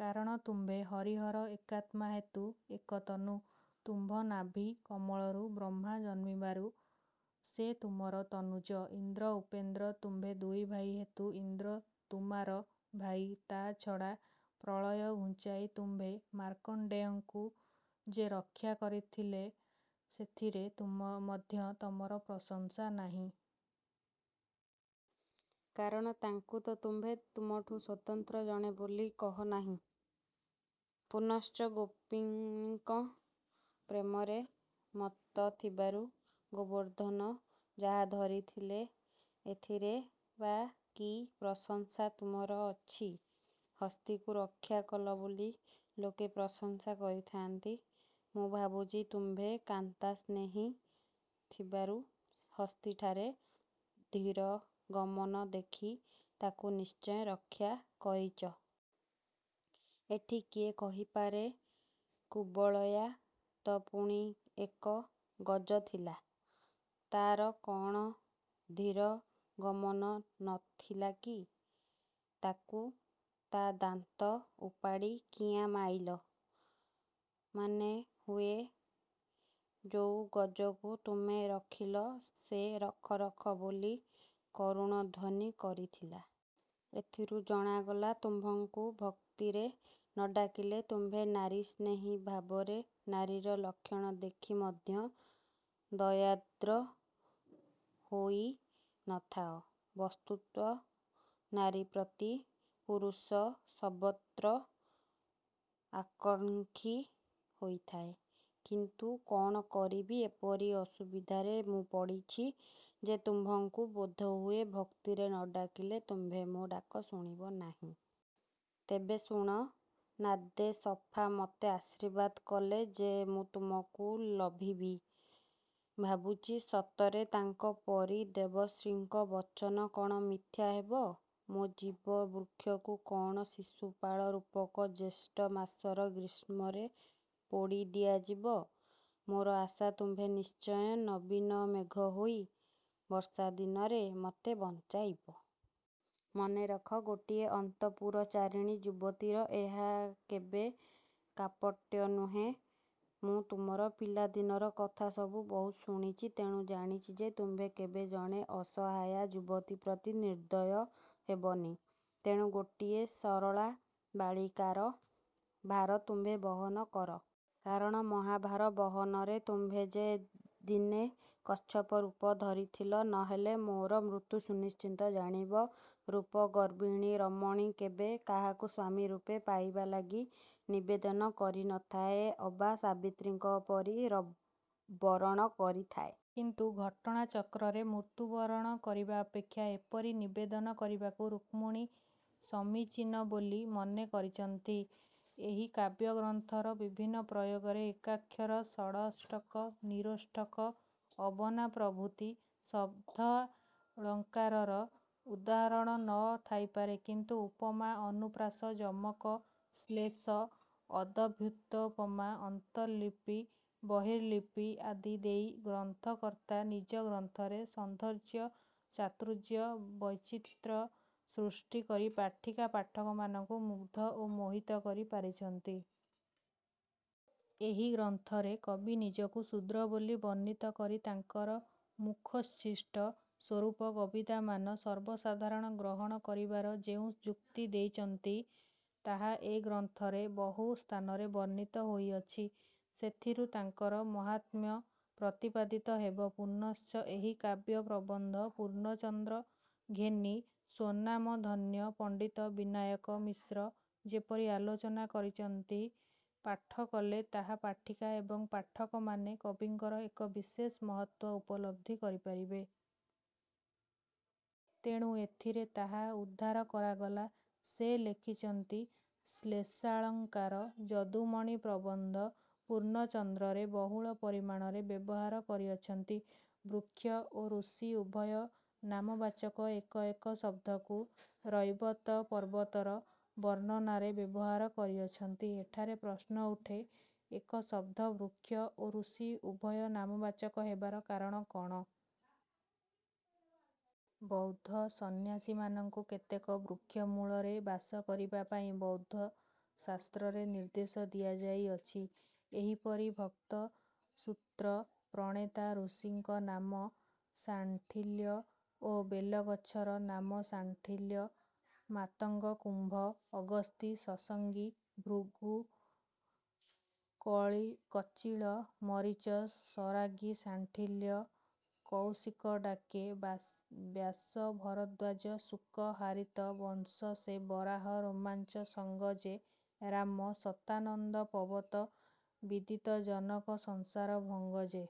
କାରଣ ତୁମ୍ଭେ ହରିହର ଏକାତ୍ମା ହେତୁ ଏକତନୁ। ତୁମ୍ଭ ନାଭୀ କମଳରୁ ବ୍ରହ୍ମା ଜନ୍ମିବାରୁ ସେ ତୁମର ତନୁଜ। ଇନ୍ଦ୍ର ଉପେନ୍ଦ୍ର ତୁମ୍ଭେ ଦୁଇଭାଇ ହେତୁ ଇନ୍ଦ୍ର ତୁମାର ଭାଇ। ତା ଛଡ଼ା ପ୍ରଳୟ ଘୁଞ୍ଚାଇ ତୁମ୍ଭେ ମାର୍କଣ୍ଡେୟଙ୍କୁ ଯେ ରକ୍ଷା କରିଥିଲ ସେଥିରେ ମଧ୍ୟ ତମର ପ୍ରଶଂସା ନାହିଁ। କାରଣ ତାଙ୍କୁ ତ ତୁମ୍ଭେ ତୁମଠୁ ସ୍ୱତନ୍ତ୍ର ଜଣେ ବୋଲି କହ ନାହିଁ। ପୁନଶ୍ଚ ଗୋପୀନୀଙ୍କ ପ୍ରେମରେ ମତ୍ତ ଥିବାରୁ ଗୋବର୍ଦ୍ଧନ ଯାହା ଧରିଥିଲ, ଏଥିରେ ବା କି ପ୍ରଶଂସା ତୁମର ଅଛି? ହସ୍ତୀକୁ ରକ୍ଷା କଲ ବୋଲି ଲୋକେ ପ୍ରଶଂସା କରିଥାନ୍ତି। ମୁଁ ଭାବୁଛି ତୁମ୍ଭେ କାନ୍ତା ସ୍ନେହୀ ଥିବାରୁ ହସ୍ତୀଠାରେ ଧୀର ଗମନ ଦେଖି ତାକୁ ନିଶ୍ଚୟ ରକ୍ଷା କରିଚ। ଏଠି କିଏ କହିପାରେ, କୁବଳୟା ତ ପୁଣି ଏକ ଗଜ ଥିଲା। ତା'ର କ'ଣ ଧୀର ଗମନ ନ ଥିଲା କି? ତାକୁ ତା ଦାନ୍ତ ଉପାଡ଼ି କିଆଁ ମାଇଲ? ମନେ ହୁଏ ଯେଉଁ ଗଜକୁ ତୁମେ ରଖିଲ ସେ ରଖ ରଖ ବୋଲି କରୁଣ ଧ୍ୱନି କରିଥିଲା। ଏଥିରୁ ଜଣାଗଲା ତୁମ୍ଭଙ୍କୁ ଭକ୍ତିରେ ନ ଡାକିଲେ ତୁମ୍ଭେ ନାରୀ ସ୍ନେହୀ ଭାବରେ ନାରୀର ଲକ୍ଷଣ ଦେଖି ମଧ୍ୟ ଦୟାର୍ଦ୍ର ହୋଇ ନ ଥାଅ। ବସ୍ତୁତଃ ନାରୀ ପ୍ରତି ପୁରୁଷ ସର୍ବତ୍ର ଆକାଙ୍କ୍ଷୀ ହୋଇଥାଏ। କିନ୍ତୁ କଣ କରିବି ଏପରି ଅସୁବିଧାରେ ମୁଁ ପଡ଼ିଛି ଯେ ତୁମ୍ଭଙ୍କୁ ବୋଧହୁଏ ଭକ୍ତିରେ ନ ଡାକିଲେ ତୁମ୍ଭେ ମୋ ଡାକ ଶୁଣିବ ନାହିଁ। ତେବେ ଶୁଣ- ନାଦେ ସଫା ମତେ ଆଶୀର୍ବାଦ କଲେ ଯେ ମୁଁ ତୁମକୁ ଲଭିବି। ଭାବୁଛି, ସତରେ ତାଙ୍କ ପରି ଦେବର୍ଷିଙ୍କ ବଚନ କଣ ମିଥ୍ୟା ହେବ? - ମୋ ଜୀବ ବୃକ୍ଷକୁ କଣ ଶିଶୁପାଳ ରୂପକ ଜ୍ୟେଷ୍ଠ ମାସର ଗ୍ରୀଷ୍ମରେ ପୋଡ଼ି ଦିଆଯିବ? ମୋର ଆଶା, ତୁମ୍ଭେ ନିଶ୍ଚୟ ନବୀନ ମେଘ ହୋଇ ବର୍ଷାଦିନରେ ମୋତେ ବଞ୍ଚାଇବ। ମନେ ରଖ, ଗୋଟିଏ ଅନ୍ତଃପୁରଚାରିଣୀ ଯୁବତୀର ଏହା କେବେ କାପଟ୍ୟ ନୁହେଁ। ମୁଁ ତୁମର ପିଲା ଦିନର କଥା ସବୁ ବହୁତ ଶୁଣିଛି। ତେଣୁ ଜାଣିଛି ଯେ- ତୁମ୍ଭେ କେବେ ଜଣେ ଅସହାୟା ଯୁବତୀ ପ୍ରତି ନିର୍ଦ୍ଦୟ ହେବନି। ତେଣୁ ଗୋଟିଏ ସରଳା ବାଳିକାର ଭାର ତୁମ୍ଭେ ବହନ କର। କାରଣ ମହା ଭାର ବହନରେ ତୁମ୍ଭେ ଯେ ଦିନେ କଚ୍ଛପ ରୁପ ଧରିଥିଲ? ନ ହେଲେ ମୋର ମୃତ୍ୟୁ ସୁନିଶ୍ଚିତ ଜାଣିବ। ରୂପ ଗର୍ବିଣୀ ରମଣୀ କେବେ କାହାକୁ ସ୍ୱାମୀ ରୂପେ ପାଇବା ଲାଗି ନିବେଦନ କରି ନ ଥାଏ। ଅବା ସାବିତ୍ରୀଙ୍କ ପରି ବରଣ କରିଥାଏ। କିନ୍ତୁ ଘଟଣା ଚକ୍ରରେ ମୃତ୍ୟୁ ବରଣ କରିବା ଅପେକ୍ଷା ଏପରି ନିବେଦନ କରିବାକୁ ରୁକ୍ମିଣୀ ସମୀଚୀନ ବୋଲି ମନେ କରିଛନ୍ତି। ଏହି କାବ୍ୟ ଗ୍ରନ୍ଥର ବିଭିନ୍ନ ପ୍ରୟୋଗରେ ଏକାକ୍ଷର, ସଡ଼ଷ୍ଠକ, ନିରୋଷ୍ଠକ, ଅବନା ପ୍ରଭୃତି ଶବ୍ଦାଳଙ୍କାରର ଉଦାହରଣ ନ ଥାଇପାରେ; କିନ୍ତୁ ଉପମା, ଅନୁପ୍ରାସ, ଯମକ, ଶ୍ଳେଷ, ଅଦଭୁତୋପମା, ଅନ୍ତର୍ଲିପି, ବହିର୍ଲିପି ଆଦି ଦେଇ ଗ୍ରନ୍ଥକର୍ତ୍ତା ନିଜ ଗ୍ରନ୍ଥରେ ସୌନ୍ଦର୍ଯ୍ୟ, ଚାତୁର୍ଯ୍ୟ ବୈଚିତ୍ର୍ୟ ସୃଷ୍ଟି କରି ପାଠିକା ପାଠକମାନଙ୍କୁ ମୁଗ୍ଧ ଓ ମୋହିତ କରି ପାରିଛନ୍ତି। ଏହି ଗ୍ରନ୍ଥରେ କବି ନିଜକୁ ଶୁଦ୍ର ବୋଲି ବର୍ଣ୍ଣିତ କରି ତାଙ୍କର ମୁଖୋଚ୍ଛିଷ୍ଟ ସ୍ୱରୂପ କବିତାମାନ ସର୍ବସାଧାରଣ ଗ୍ରହଣ କରିବାର ଯେଉଁ ଯୁକ୍ତି ଦେଇଛନ୍ତି ତାହା ଏ ଗ୍ରନ୍ଥରେ ବହୁ ସ୍ଥାନରେ ବର୍ଣ୍ଣିତ ହୋଇଅଛି। ସେଥିରୁ ତାଙ୍କର ମାହାତ୍ମ୍ୟ ପ୍ରତିପାଦିତ ହେବ। ପୁନଶ୍ଚ ଏହି କାବ୍ୟ ପ୍ରବନ୍ଧ-ପୂର୍ଣ୍ଣଚନ୍ଦ୍ର ଘେନି ସ୍ୱନାମଧନ୍ୟ ପଣ୍ଡିତ ବିନାୟକ ମିଶ୍ର ଯେପରି ଆଲୋଚନା କରିଛନ୍ତି, ପାଠ କଲେ ତାହା ପାଠିକା ଏବଂ ପାଠକମାନେ କବିଙ୍କର ଏକ ବିଶେଷ ମହତ୍ୱ ଉପଲବ୍ଧି କରିପାରିବେ। ତେଣୁ ଏଥିରେ ତାହା ଉଦ୍ଧାର କରାଗଲା। ସେ ଲେଖିଛନ୍ତି - ''ଶ୍ଲେଷାଳଙ୍କାର, ଯଦୁମଣି ପ୍ରବନ୍ଧ ପୂର୍ଣ୍ଣଚନ୍ଦ୍ରରେ ବହୁଳ ପରିମାଣରେ ବ୍ୟବହାର କରିଅଛନ୍ତି। ବୃକ୍ଷ ଓ ଋଷି ଉଭୟ ନାମବାଚକ ଏକ ଏକ ଶବ୍ଦକୁ ରୈବତ ପର୍ବତର ବର୍ଣ୍ଣନାରେ ବ୍ୟବହାର କରିଅଛନ୍ତି। ଏଠାରେ ପ୍ରଶ୍ନ ଉଠେ, ଏକ ଶବ୍ଦ ବୃକ୍ଷ ଓ ଋଷି ଉଭୟ ନାମବାଚକ ହେବାର କାରଣ କଣ? ବୌଦ୍ଧ ସନ୍ନ୍ୟାସୀମାନଙ୍କୁ କେତେକ ବୃକ୍ଷ ମୂଳରେ ବାସ କରିବା ପାଇଁ ବୌଦ୍ଧ ଶାସ୍ତ୍ରରେ ନିର୍ଦ୍ଦେଶ ଦିଆଯାଇଅଛି। ଏହିପରି ଭକ୍ତ ସୂତ୍ର ପ୍ରଣେତା ଋଷିଙ୍କ ନାମ ଶାଣ୍ଡିଲ୍ୟ ଓ ବେଲଗଛର ନାମ ସାଣ୍ଡିଲ୍ୟ। ମାତଙ୍ଗ କୁମ୍ଭ ଅଗସ୍ତୀ ସଂସଗୀ ଭୃଗୁ କଚିଳ ମରିଚ ସରାଗୀ ଶାଣ୍ଡିଲ୍ୟେ କଉଶିକ ଡ଼ାକେ ବ୍ୟାସ ଭରଦ୍ୱାଜ ଶୁକ ହାରିତ ବଂଶ ସେ ବରାହ ରୋମାଞ୍ଚ ସଙ୍ଗ ଯେ ରାମ ଶତାନନ୍ଦ ପବତ ବିଦିତ ଜନକ ସଂସାର ଭଙ୍ଗ ଯେ।